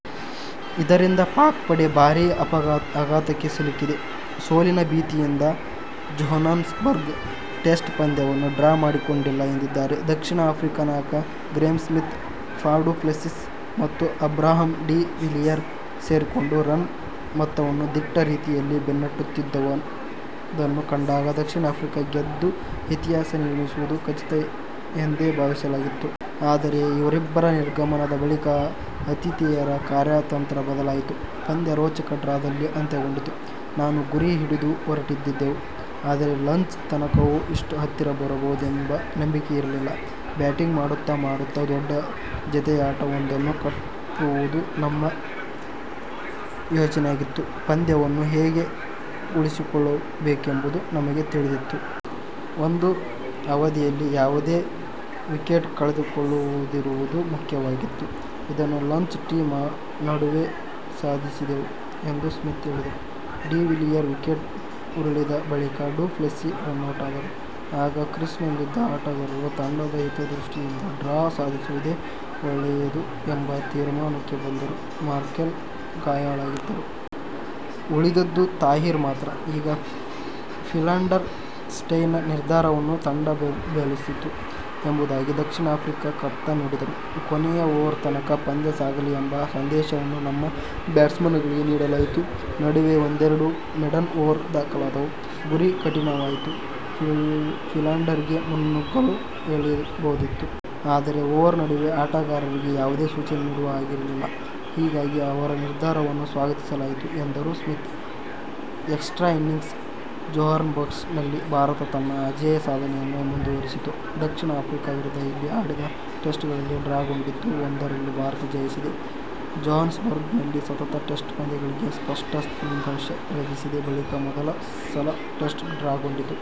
ಇದರಿಂದ ಪಾಕ್ ಪಡೆ ಭಾರೀ ಆಘಾತಕ್ಕೆ ಸಿಲುಕಿದೆ. ಸೋಲಿನ ಭೀತಿಯಿಂದ ಜೊಹಾನ್ಸ್ಬರ್ಗ್ ಟೆಸ್ಟ್ ಪಂದ್ಯವನ್ನು ಡ್ರಾ ಮಾಡಿಕೊಂಡಿಲ್ಲ ಎಂದಿದ್ದಾರೆ ದಕ್ಷಿಣ ಆಫ್ರಿಕಾ ನಾಯಕ Graeme Smith. Faf du Plessis ಮತ್ತು ಅಬ್ರಹಾಂ ಡಿ''''ವಿಲಿಯರ್ ಸೇರಿಕೊಂಡು ರನ್ ಮೊತ್ತವನ್ನು ದಿಟ್ಟ ರೀತಿಯಲ್ಲಿ ಬೆನ್ನಟ್ಟುತ್ತಿದ್ದುದನ್ನು ಕಂಡಾಗ ದಕ್ಷಿಣ ಆಫ್ರಿಕಾ ಗೆದ್ದು ಇತಿಹಾಸ ನಿರ್ಮಿಸುವುದು ಖಚಿತ ಎಂದೇ ಭಾವಿಸಲಾಗಿತ್ತು. ಆದರೆ ಇವರಿಬ್ಬರ ನಿರ್ಗಮನದ ಬಳಿಕ ಆತಿಥೇಯರ ಕಾರ್ಯತಂತ್ರ ಬದಲಾಯಿತು. ಪಂದ್ಯ ರೋಚಕ ಡ್ರಾದಲ್ಲಿ ಅಂತ್ಯಗೊಂಡಿತು. ''''ನಾನು ಗುರಿ ಹಿಡಿದು ಹೊರಟಿದ್ದೆವು. ಆದರೆ ಲಂಚ್ ತನಕವೂ ಇಷ್ಟು ಹತ್ತಿರ ಬರಬಹುದೆಂಬ ನಂಬಿಕೆ ಇರಲಿಲ್ಲ. ಬ್ಯಾಟಿಂಗ್ ಮಾಡುತ್ತ ಮಾಡುತ್ತ ದೊಡ್ಡ ಜತೆಯಾಟವೊಂದನ್ನು ಕಟ್ಟುವುದು ನಮ್ಮ ಯೋಜನೆಯಾಗಿತ್ತು. ಪಂದ್ಯವನ್ನು ಹೇಗೆ ಉಳಿಸಿಕೊಳ್ಳಬೇಕೆಂಬುದು ನಮಗೆ ತಿಳಿದಿತ್ತು. ಒಂದು ಅವಧಿಯಲ್ಲಿ ಯಾವುದೇ ವಿಕೆಟ್ ಕಳೆದುಕೊಳ್ಳದಿರುವುದು ಮುಖ್ಯವಾಗಿತ್ತು. ಇದನ್ನು ಲಂಚ್-ಟೀ ನಡುವೆ ಸಾಧಿಸಿದೆವು'' ಎಂದು ಸ್ಮಿತ್ ಹೇಳಿದರು. ''''ಡಿ''ವಿಲಿಯರ್ ವಿಕೆಟ್ ಉರುಳಿದ ಬಳಿಕ ಡು ಪ್ಲೆಸಿಸ್ ರನೌಟಾದರು. ಆಗ ಕ್ರೀಸ್ನಲ್ಲಿದ್ದ ಆಟಗಾರರು ತಂಡದ ಹಿತದೃಷ್ಟಿಯಿಂದ ಡ್ರಾ ಸಾಧಿಸುವುದೇ ಒಳ್ಳೆಯದು ಎಂಬ ತೀರ್ಮಾನಕ್ಕೆ ಬಂದರು. ಮಾರ್ಕೆಲ್ ಗಾಯಾಳಾಗಿದ್ದರು. ಉಳಿದದ್ದು ತಾಹಿರ್ ಮಾತ್ರ. ಆಗ ಫಿಲಾಂಡರ್-ಸ್ಟೇಯ್ನ ನಿರ್ಧಾರವನ್ನು ತಂಡ ಬೆಂಬಲಿಸಿತು'' ಎಂಬುದಾಗಿ ದಕ್ಷಿಣ ಆಫ್ರಿಕಾ ಕಪ್ತಾನ ನುಡಿದರು. ''''ಕೊನೆಯ ಓವರ್ ತನಕ ಪಂದ್ಯ ಸಾಗಲಿ ಎಂಬ ಸಂದೇಶವನ್ನು ನಮ್ಮ ಬ್ಯಾಟ್ಸ್ಮನ್ಗಳಿಗೆ ನೀಡಲಾಯಿತು. ನಡುವೆ ಒಂದೆರಡು ಮೇಡನ್ ಓವರ್ ದಾಖಲಾದವು. ಗುರಿ ಕಠಿನವಾಯಿತು. ಫಿಲಾಂಡರ್ಗೆ ಮುನ್ನುಗ್ಗಲು ಹೇಳಬಹುದಿತ್ತು. ಆದರೆ ಓವರ್ ನಡುವೆ ಆಟಗಾರರಿಗೆ ಯಾವುದೇ ಸೂಚನೆ ನೀಡುವ ಹಾಗಿರಲಿಲ್ಲ. ಹೀಗಾಗಿ ಅವರ ನಿರ್ಧಾರವನ್ನು ಸ್ವಾಗತಿಸಲಾಯಿತು'' ಎಂದರು ಸ್ಮಿತ್. ಎಕ್ಸ್ಟ್ರಾ ಇನ್ನಿಂಗ್ಸ್ ಜೊಹಾನ್ಸ್ಬರ್ಗ್ನಲ್ಲಿ ಭಾರತ ತನ್ನ ಅಜೇಯ ಸಾಧನೆಯನ್ನು ಮುಂದುವರಿಸಿತು. ದಕ್ಷಿಣ ಆಫ್ರಿಕಾ ವಿರುದ್ಧ ಇಲ್ಲಿ ಆಡಿದ ಟೆಸ್ಟ್ಗಳಲ್ಲಿ ಡ್ರಾಗೊಂಡಿದ್ದು, ಒಂದರಲ್ಲಿ ಭಾರತ ಜಯಿಸಿದೆ. ಜೊಹಾನ್ಸ್ಬರ್ಗ್ನಲ್ಲಿ ಸತತ ಟೆಸ್ಟ್ ಪಂದ್ಯಗಳಿಗೆ ಸ್ಪಷ್ಟ ಫಲಿತಾಂಶ ಲಭಿಸಿದ ಬಳಿಕ ಮೊದಲ ಸಲ ಟೆಸ್ಟ್ ಡ್ರಾಗೊಂಡಿತು.